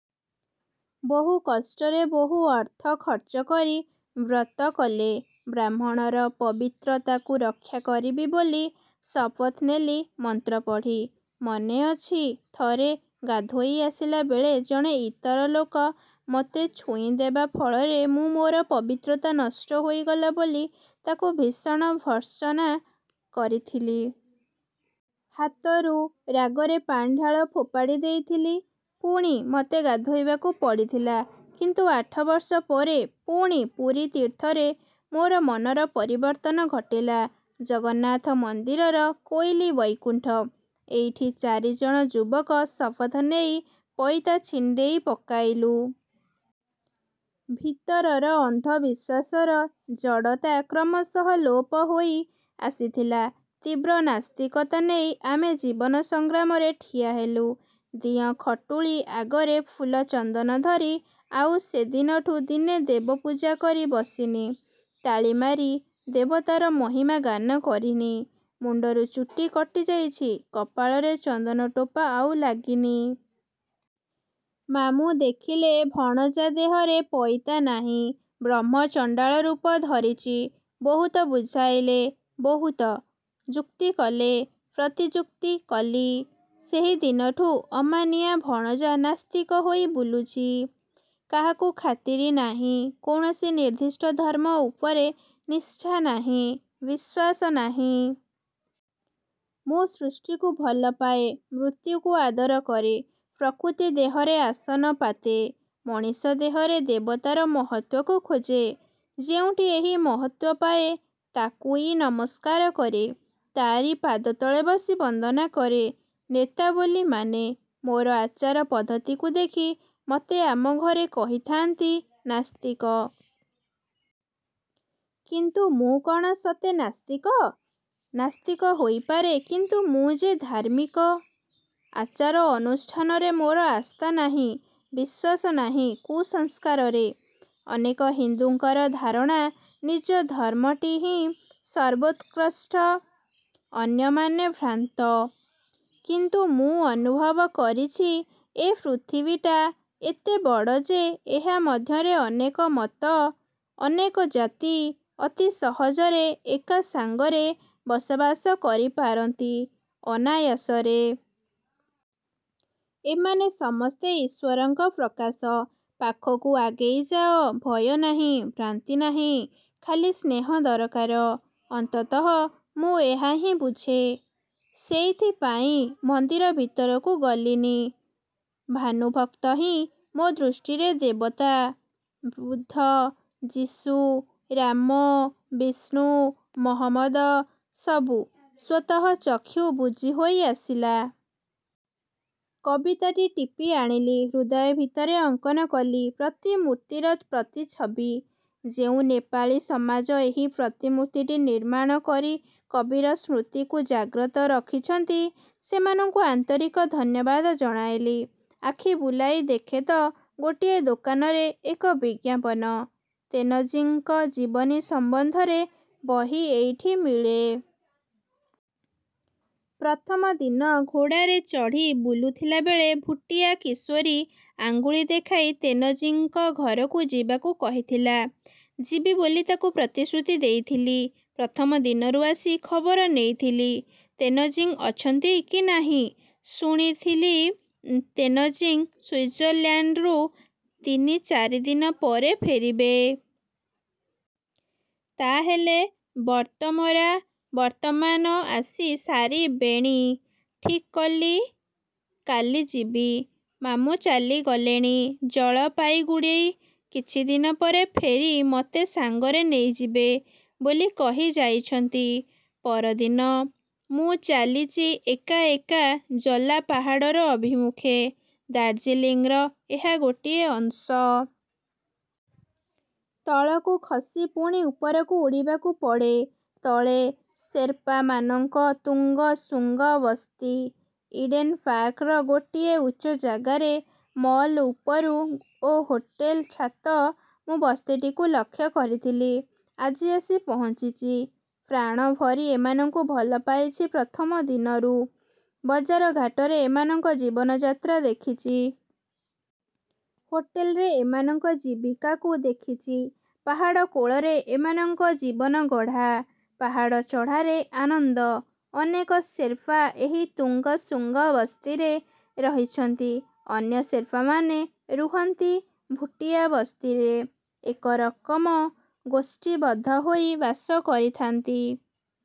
ବହୁ କଷ୍ଟରେ ବହୁ ଅର୍ଥ ଖର୍ଚ୍ଚ କରି ବ୍ରତ କଲେ। ବ୍ରାହ୍ମଣର ପବିତ୍ରତାକୁ ରକ୍ଷା କରିବି ବୋଲି ଶପଥ ନେଲି ମନ୍ତ୍ର ପଢ଼ି। ମନେ ଅଛି, ଥରେ ଗାଧୋଇ ଆସିଲାବେଳେ ଜଣେ ଇତର ଲୋକ ମତେ ଛୁଇଁ ଦେବା ଫଳରେ ମୁଁ ମୋର ପବିତ୍ରତା ନଷ୍ଟ ହୋଇଗଲା ବୋଲି ତାକୁ ଭୀଷଣ ଭର୍ତ୍ସନା କରିଥିଲି। ହାତରୁ ରାଗରେ ପାଣିଢାଳ ଫୋପାଡ଼ି ଦେଇଥିଲି। ପୁଣି ମତେ ଗାଧୋଇବାକୁ ପଡ଼ିଥିଲା। କିନ୍ତୁ ଆଠ ବର୍ଷ ପରେ ପୁଣି ପୁରୀ ତୀର୍ଥରେ ମୋର ମନର ପରିବର୍ତ୍ତନ ଘଟିଲା। ଜଗନ୍ନାଥ ମନ୍ଦିରର କୋଇଲି ବୈକୁଣ୍ଠ। ଏଇଠି ଚାରି ଜଣ ଯୁବକ ଶପଥ ନେଇ ପଇତା ଛିଣ୍ଢେଇ ପକାଇଲୁ। ଭିତରର ଅନ୍ଧବିଶ୍ୱାସର ଜଡ଼ତା କ୍ରମଶଃ ଲୋପ ହୋଇ ଆସିଥିଲା। ତୀବ୍ର ନାସ୍ତିକତା ନେଇ ଆମେ ଜୀବନ ସଂଗ୍ରାମରେ ଠିଆ ହେଲୁ। ଦିଅଁ ଖଟୁଳି ଆଗରେ ଫୁଲ ଚନ୍ଦନ ଧରି ଆଉ ସେଦିନଠୁ ଦିନେ ଦେବପୂଜା କରି ବସିନି। ତାଳିମାରି ଦେବତାର ମହିମା ଗାନ କରିନି। ମୁଣ୍ଡରୁ ଚୁଟି କଟିଯାଇଛି–କପାଳରେ ଚନ୍ଦନ ଟୋପା ଆଉ ଲାଗିନି। ମାମୁଁ ଦେଖିଲେ ଭଣଜା ଦେହରେ ପଇତା ନାହିଁ। ବ୍ରହ୍ମଚଣ୍ଡାଳ ରୂପ ଧରିଚି। ବହୁତ ବୁଝାଇଲେ, ବହୁତ। ଯୁକ୍ତି କଲେ। ପ୍ରତିଯୁକ୍ତି କଲି। ସେହିଦିନଠୁ ଅମାନିଆ ଭଣଜା ନାସ୍ତିକ ହୋଇ ବୁଲୁଚି। କାହାକୁ ଖାତିରି ନାହିଁ। କୌଣସି ନିର୍ଦ୍ଦଷ୍ଟ ଧର୍ମ ଉପରେ ନିଷ୍ଠା ନାହିଁ; ବିଶ୍ୱାସ ନାହିଁ। ମୁଁ ସୃଷ୍ଟିକୁ ଭଲପାଏ ମୃତ୍ୟୁକୁ ଆଦର କରେ–ପ୍ରକୃତି ଦେହରେ ଆସନ ପାତେ। ମଣିଷ ଦେହରେ ଦେବତାର ମହତ୍ୱକୁ ଖୋଜେ। ଯେଉଁଠି ଏହି ମହତ୍ୱ ପାଏ ତାକୁଇ ନମସ୍କାର କରେ। ତାରି ପାଦତଳେ ବସି ବନ୍ଦନା କରେ। ନେତା ବୋଲି ମାନେ। ମୋର ଆଚାର-ପଦ୍ଧତିକୁ ଦେଖି ମତେ ଆମ ଘରେ କହିଥାନ୍ତି ନାସ୍ତିକ। କିନ୍ତୁ ମୁଁ କ'ଣ ସତେ ନାସ୍ତିକ? ନାସ୍ତିକ ହୋଇପାରେ କିନ୍ତୁ ମୁଁ ଯେ ଧାର୍ମିକ। ଆଚାର ଅନୁଷ୍ଠାନରେ ମୋର ଆସ୍ଥା ନାହିଁ–ବିଶ୍ୱାସ ନାହିଁ କୁସଂସ୍କାରରେ। ଅନେକ ହିନ୍ଦୁଙ୍କର ଧାରଣା ନିଜ ଧର୍ମଟିହିଁ ସର୍ବୋତ୍କୃଷ୍ଟ। ଅନ୍ୟମାନେ ଭ୍ରାନ୍ତ। କିନ୍ତୁ ମୁଁ ଅନୁଭବ କରିଚି ଏ ପୃଥିବୀଟା ଏତେ ବଡ଼ ଯେ, ଏହା ମଧ୍ୟରେ ଅନେକ ମତ, ଅନେକ ଜାତି ଅତି ସହଜରେ ଏକା ସାଙ୍ଗରେ ବସବାସ କରିପାରନ୍ତି ଅନାୟାସରେ। ଏମାନେ ସମସ୍ତେ ଈଶ୍ୱରଙ୍କ ପ୍ରକାଶ। ପାଖକୁ ଆଗେଇ ଯାଅ–ଭୟ ନାହିଁ, ଭ୍ରାନ୍ତି ନାହିଁ, ଖାଲି ସ୍ନେହ ଦରକାର। ଅନ୍ତତଃ ମୁଁ ଏହାହିଁ ବୁଝେ। ସେଇଥିପାଇଁ ମନ୍ଦିର ଭିତରକୁ ଗଲିନି। ଭାନୁଭକ୍ତ ହିଁ ମୋ ଦୃଷ୍ଟିରେ ଦେବତା ବୁଦ୍ଧ, ଯିଶୁ, ରାମ, ବିଷ୍ଣୁ, ମହମ୍ମଦ ସବୁ। ସ୍ୱତଃ ଚକ୍ଷୁ ବୁଜିହୋଇ ଆସିଲା। କବିତାଟି ଟିପି ଆଣିଲି। ହୃଦୟ ଭିତରେ ଅଙ୍କନ କଲି ପ୍ରତିମୂର୍ତ୍ତିର ପ୍ରତିଛବି। ଯେଉଁ ନେପାଳୀ ସମାଜ ଏହି ପ୍ରତିମୂର୍ତ୍ତିଟି ନିର୍ମାଣ କରି କବିର ସ୍ମୃତିକୁ ଜାଗ୍ରତ ରଖିଛନ୍ତି ସେମାନଙ୍କୁ ଆନ୍ତରିକ ଧନ୍ୟବାଦ ଜଣାଇଲି। ଆଖି ବୁଲାଇ ଦେଖେ ତ ଗୋଟିଏ ଦୋକାନରେ ଏକ ବିଜ୍ଞାପନ। ତେନଜିଂଙ୍କ ଜୀବନୀ ସମ୍ୱନ୍ଧରେ ବହି ଏଇଠି ମିଳେ। ପ୍ରଥମ ଦିନ ଘୋଡ଼ାରେ ଚଢ଼ି ବୁଲୁଥିଲା ବେଳେ ଭୁଟିଆ କିଶୋରୀ ଆଙ୍ଗୁଳି ଦେଖାଇ ତେନଜିଂଙ୍କ ଘରକୁ ଯିବାକୁ କହିଥିଲା। ଯିବି ବୋଲି ତାକୁ ପ୍ରତିଶ୍ରୁତି ଦେଇଥିଲି। ପ୍ରଥମ ଦିନରୁ ଆସି ଖବର ନେଇଥିଲି–ତେନଜିଂ ଅଛନ୍ତି କି ନାହିଁ। ଶୁଣିଥିଲି ତେନଜିଂ ସୁଜଇରଲାଣ୍ଡରୁ ତିନି ଚାରି ଦିନ ପରେ ଫରିବେ। ତାହାହେଲେ ବର୍ତ୍ତମରା ବର୍ତ୍ତମାନ ଆସି ସାରିବେଣି। ଠିକ୍ କଲି କାଲି ଯିବି-। ମାମୁଁ ଚାଲିଗଲେଣି ଜଳପାଇଗୁଡ଼ି। କିଛି ଦିନ ପରେ ଫେରି ମତେ ସାଙ୍ଗରେ ନେଇଯିବେ ବୋଲି କହି ଯାଇଛନ୍ତି। ପରଦିନ। ମୁଁ ଚାଲିଚି ଏକା ଏକା ଜଲାପାହାଡ଼ର ଅଭିମୁଖେ। ଦାର୍ଜିଲିଂର ଏହା ଗୋଟିଏ ଅଂଶ। ତଳକୁ ଖସି ପୁଣି ଉପରକୁ ଉଠିବାକୁ ପଡ଼େ। ତଳେ ସେର୍ପାମାନଙ୍କ ତୁଙ୍ଗସୁଙ୍ଗ ବସ୍ତି। ଇଡ଼େନ ପାର୍କର ଗୋଟିଏ ଉଚ୍ଚ ଜାଗାରେ, ମଲ ଉପରୁ ଓ ହୋଟେଲ ଛାତ ମୁଁ ବସ୍ତିଟିକୁ ଲକ୍ଷ୍ୟ କରିଥିଲି। ଆଜି ଆସି ପହଞ୍ଚିଛି। ପ୍ରାଣଭରି ଏମାନଙ୍କୁ ଭଲପାଇଛି ପ୍ରଥମ ଦିନରୁ। ବଜାର ଘାଟରେ ଏମାନଙ୍କ ଜୀବନଯାତ୍ରା ଦେଖିଚି। ହୋଟେଲରେ ଏମାନଙ୍କ ଜୀବିକାକୁ ଦେଖିଚି। ପାହାଡ଼ କୋଳରେ ଏମାନଙ୍କ ଜୀବନ ଗଢ଼ା। ପାହାଡ଼ ଚଢ଼ାରେ ଆନନ୍ଦ। ଅନେକ ସେର୍ପା ଏହି ତୁଙ୍ଗସୁଙ୍ଗ ବସ୍ତିରେ ରହିଛନ୍ତି। ଅନ୍ୟ ସେର୍ପାମାନେ ରୁହନ୍ତି ଭୁଟିଆ ବସ୍ତିରେ। ଏକରକମ ଗୋଷ୍ଠୀବଦ୍ଧ ହୋଇ ବାସ କରିଥାନ୍ତି।